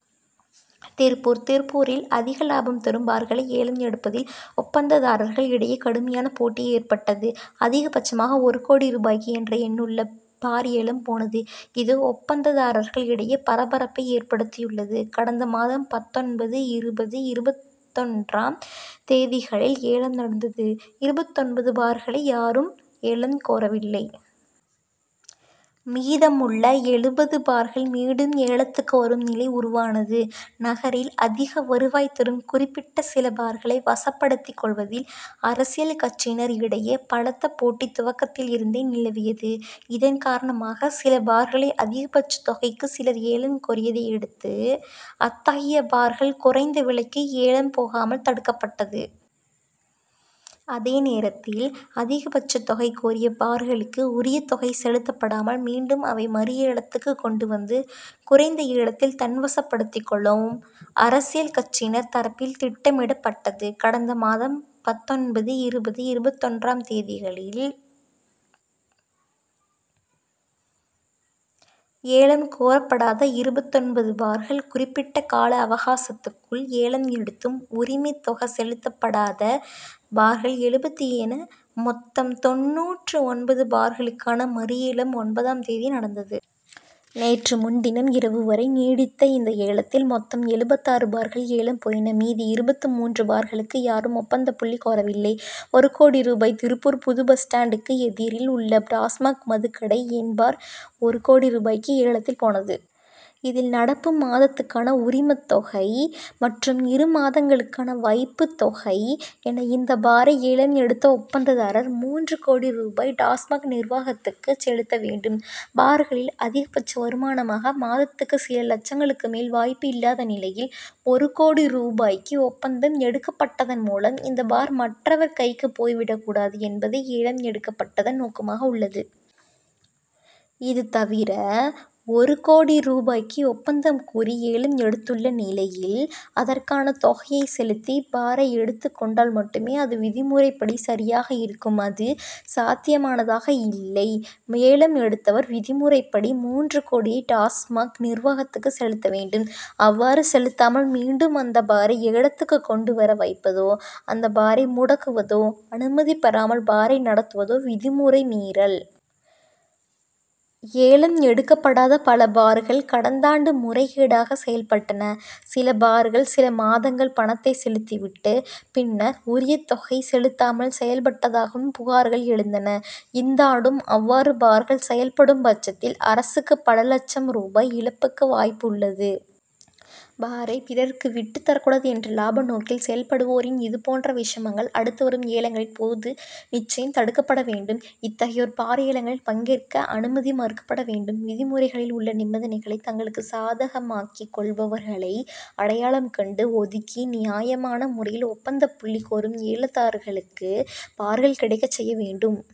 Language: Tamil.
திருப்பூர் திருப்பூரில் அதிக லாபம் தரும் பார்களை ஏலம் எடுப்பதில் ஒப்பந்ததாரர்கள் இடையே கடுமையான போட்டி ஏற்பட்டது. அதிகபட்சமாக ஒரு கோடி ரூபாய்க்கு, என்ற எண்ணுள்ள பார் ஏலம் போனது, இது, ஒப்பந்ததாரர்கள் இடையே பரபரப்பை ஏற்படுத்தியுள்ளது. கடந்த மாதம் பத்தொன்பது, இருபது, இருபத்தொன்றாம் தேதிகளில் ஏலம் நடந்தது இருபத்தொன்பது பார்களை யாரும் ஏலம் கோரவில்லை. மீதமுள்ள எழுபது பார்கள் மீண்டும் ஏலத்துக்கு வரும் நிலை உருவானது. நகரில் அதிக வருவாய் தரும் குறிப்பிட்ட சில பார்களை வசப்படுத்திக் கொள்வதில், அரசியல் கட்சியினர் இடையே பலத்த போட்டி துவக்கத்தில் இருந்தே நிலவியது. இதன்காரணமாக, சில பார்களை அதிகபட்ச தொகைக்கு சிலர் ஏலம் கோரியதை அடுத்து, அத்தகைய பார்கள் குறைந்த விலைக்கு ஏலம் போகாமல் தடுக்கப்பட்டது. அதேநேரத்தில், அதிகபட்ச தொகை கோரிய பார்களுக்கு உரிய தொகை செலுத்தப்படாமல் மீண்டும் அவை மறுஏலத்துக்கு கொண்டு வந்து, குறைந்த ஏலத்தில் தன்வசப்படுத்திக் கொள்ளவும், அரசியல் கட்சியினர் தரப்பில் திட்டமிடப்பட்டது. கடந்த மாதம் பத்தொன்பது, இருபது, இருபத்தொன்றாம் தேதிகளில் ஏலம் கோரப்படாத இருபத்தொன்பது பார்கள், குறிப்பிட்ட கால அவகாசத்துக்குள் ஏலம் எடுத்தும் உரிமத்தொகை செலுத்தப்படாத பார்கள் எழுபது என மொத்தம் தொண்ணூற்று ஒன்பது பார்களுக்கான மறுஏலம், ஒன்பதாம் தேதி நடந்தது. நேற்று முன்தினம் இரவு வரை நீடித்த இந்த ஏலத்தில், மொத்தம் எழுபத்தாறு பார்கள் ஏலம் போயின மீதி இருபத்துமூன்று பார்களுக்கு யாரும் ஒப்பந்தப்புள்ளி கோரவில்லை. ஒரு கோடி ரூபாய் திருப்பூர் புது பஸ் ஸ்டாண்டுக்கு எதிரில் உள்ள டாஸ்மாக் மதுக்கடை எண் பார், ஒரு கோடி ரூபாய்க்கு ஏலத்தில் போனது. இதில், நடப்பு மாதத்துக்கான உரிமத்தொகை மற்றும் இரு மாதங்களுக்கான வைப்பு தொகை என இந்த பாரை ஏலம் எடுத்த ஒப்பந்ததாரர், மூன்று கோடி ரூபாய் டாஸ்மாக் நிர்வாகத்துக்குச் செலுத்த வேண்டும். பார்களில் அதிகபட்ச வருமானமாக, மாதத்துக்கு சில லட்சங்களுக்கு மேல் வாய்ப்பு இல்லாத நிலையில், ஒரு கோடி ரூபாய்க்கு ஒப்பந்தம் எடுக்கப்பட்டதன் மூலம், இந்த பார் மற்றவர் கைக்கு போய் விடக்கூடாது என்பதே ஏலம் எடுக்கப்பட்டதன் நோக்கமாக உள்ளது. இதுதவிர, ஒரு கோடி ரூபாய்க்கு ஒப்பந்தம் கூறி ஏலம் எடுத்துள்ள நிலையில், அதற்கான தொகையை செலுத்தி பாரை எடுத்துக் கொண்டால் மட்டுமே, அது விதிமுறைபடி சரியாக இருக்கும் அது, சாத்தியமானதாக இல்லை. ஏலம் எடுத்தவர், விதிமுறைப்படி மூன்று கோடியை டாஸ்மாக் நிர்வாகத்துக்கு செலுத்த வேண்டும். அவ்வாறு செலுத்தாமல் மீண்டும் அந்த பாரை ஏலத்துக்கு கொண்டு வர வைப்பதோ, அந்த பாரை முடக்குவதோ, அனுமதி பெறாமல் பாரை நடத்துவதோ விதிமுறை மீறல். ஏலம் எடுக்கப்படாத பல பார்கள், கடந்தாண்டு முறைகேடாக செயல்பட்டன. சில பார்கள் சில மாதங்கள் பணத்தை செலுத்தி விட்டு, பின்னர், உரிய தொகை செலுத்தாமல் செயல்பட்டதாகவும் புகார்கள் எழுந்தன. இந்தாண்டும் அவ்வாறு பார்கள் செயல்படும் பட்சத்தில், அரசுக்கு பல லட்சம் ரூபாய் இழப்புக்கு வாய்ப்பு உள்ளது. பாரை பிறருக்கு விட்டு தரக்கூடாது என்ற லாப நோக்கில், செயல்படுவோரின் இதுபோன்ற விஷமங்கள் அடுத்து வரும் ஏலங்களின் போது நிச்சயம் தடுக்கப்பட வேண்டும். இத்தகையோர் பார் ஏலங்களில் பங்கேற்க அனுமதி மறுக்கப்பட வேண்டும். விதிமுறைகளில் உள்ள நிபந்தனைகளை தங்களுக்கு சாதகமாக்கிக்கொள்பவர்களை அடையாளம் கண்டு, ஒதுக்கி, நியாயமான முறையில் ஒப்பந்தப்புள்ளி கோரும் ஏலதாரர்களுக்கு பார்கள், கிடைக்கச்செய்ய வேண்டும்.